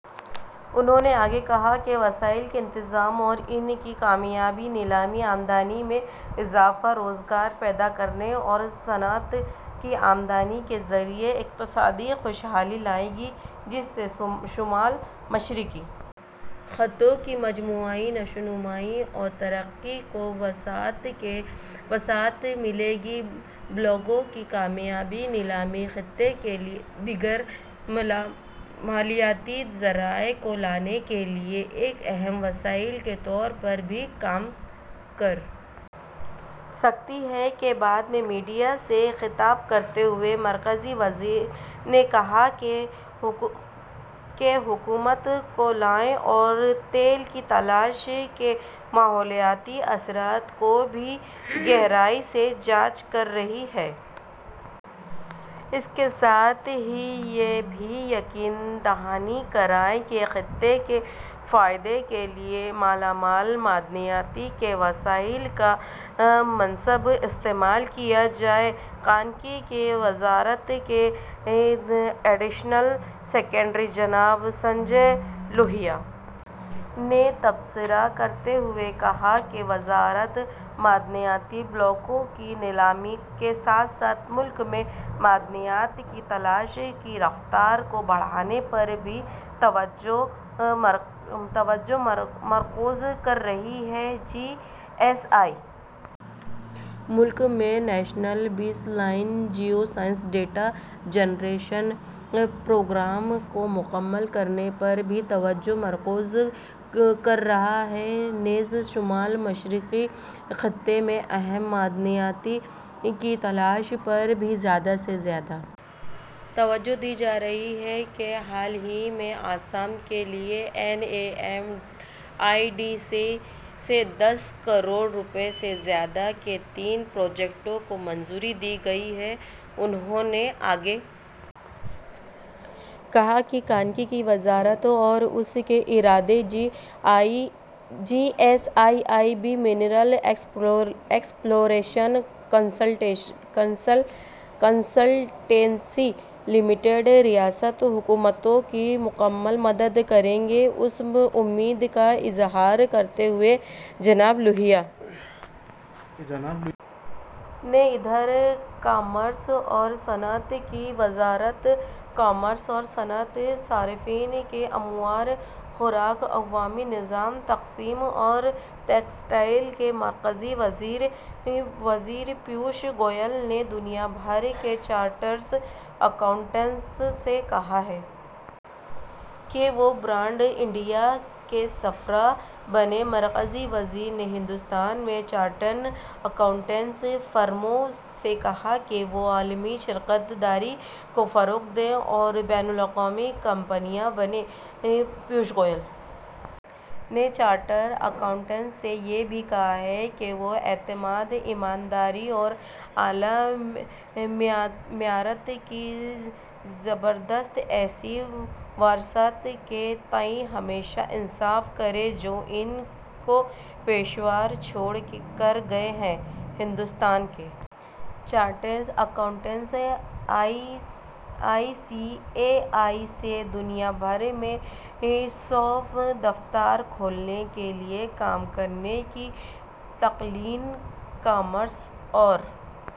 انہوں نے آگے کہا کہ وسائل کا انتظام اور ان کی کامیاب نیلامی آمدنی میں اضافہ روزگار پیدا کرنے اور صنعت کی آمد کے ذریعہ اقتصادی خوشحالی لائے گی جس سے شمال مشرقی خطوں کی مجموعی نشوونما اور ترقی کو وسعت ملے گی بلاکوں کی کامیاب نیلامی خطے کے لیے دیگر مالیاتی ذرائع کو لانے کے لیے ایک اہم وسیلے کے طور پر بھی کام کر سکتی ہے اس کے بعد میڈیا سے خطاب کرتے ہوئے مرکزی وزیر نے کہا کہ حکومت کوئلہ اور تیل کی تلاش کے ماحولیاتی اثرات کی بھی گہرائی سے جانچ کر رہی ہے اور اس کے ساتھ ہی یہ بھی یقین دہانی کرائی کہ خطے کے فوائد کے لیے مالامال معدنیات کے وسائل کا مناسب استعمال کیا جائے کانکنی کی وزارت کے ایڈیشنل سکریٹری جناب سنجے لوہیا نے تبصرہ کرتے ہوئے کہا کہ وزارت معدنیاتی بلاکوں کی نیلامی کے ساتھ ساتھ ملک میں معدنیات کی تلاش کی رفتار کو بڑھانے پر بھی توجہ مرکوز کر رہی ہے جی ایس آئی ملک میں national baseline geoscience data generation programme کو مکمل کرنے پر بھی توجہ مرکوز کر رہا ہے نیز شمال مشرقی خطے میں اہم معدنیات کی تلاش پر بھی زیادہ سے زیادہ توجہ دی جا رہی ہے حال ہی میں آسام کے لیے N A M E T سے دس کروڑ روپے سے زیادہ کے تین پروجیکٹوں کو منظوری دی گئی ہے انہوں نے آگے کہا کہ کانکنی کی وزارت اور اس کے ادارے G S I I B mineral exploration consultancy limited ریاستی حکومتوں کی مکمل مدد کریں گے اس امید کا اظہار کرتے ہوئے جناب لوہیا نے ادھر کامرس اور صنعت کی وزارت کامرس اور صنعت صارفین کے امور خوراک عوامی نظام تقسیم اور ٹیکسٹائل کے مرکزی وزیر پیوش گوئل نے دنیا بھر کے چارٹرڈ اکاؤنٹنٹس سے کہا ہے کہ وہ برانڈ انڈیا کے سفراء بنیں مرکزی وزیر نے ہندوستان میں چارٹرڈ اکاؤنٹینسی فرموں سے کہا ہے کہ وہ عالمی شراکت داری کو فروغ دیں اور بین الاقوامی کمپنیاں بنیں پیوش گوئل نے چارٹرڈ اکاؤنٹنٹس سے یہ بھی کہا کہ وہ اعتماد ایمانداری اور اعلیٰ معیارات کی زبردست ایسی وراثت کے تئیں ہمیشہ انصاف کریں جو ان کے پیشرو چھوڑ کر گئے ہیں ہندوستان کے chartered accountants I C A I سے دنیا بھر میں سو دفاتر کھولنے کے لیے کام کرنے کی تلقین کامرس اور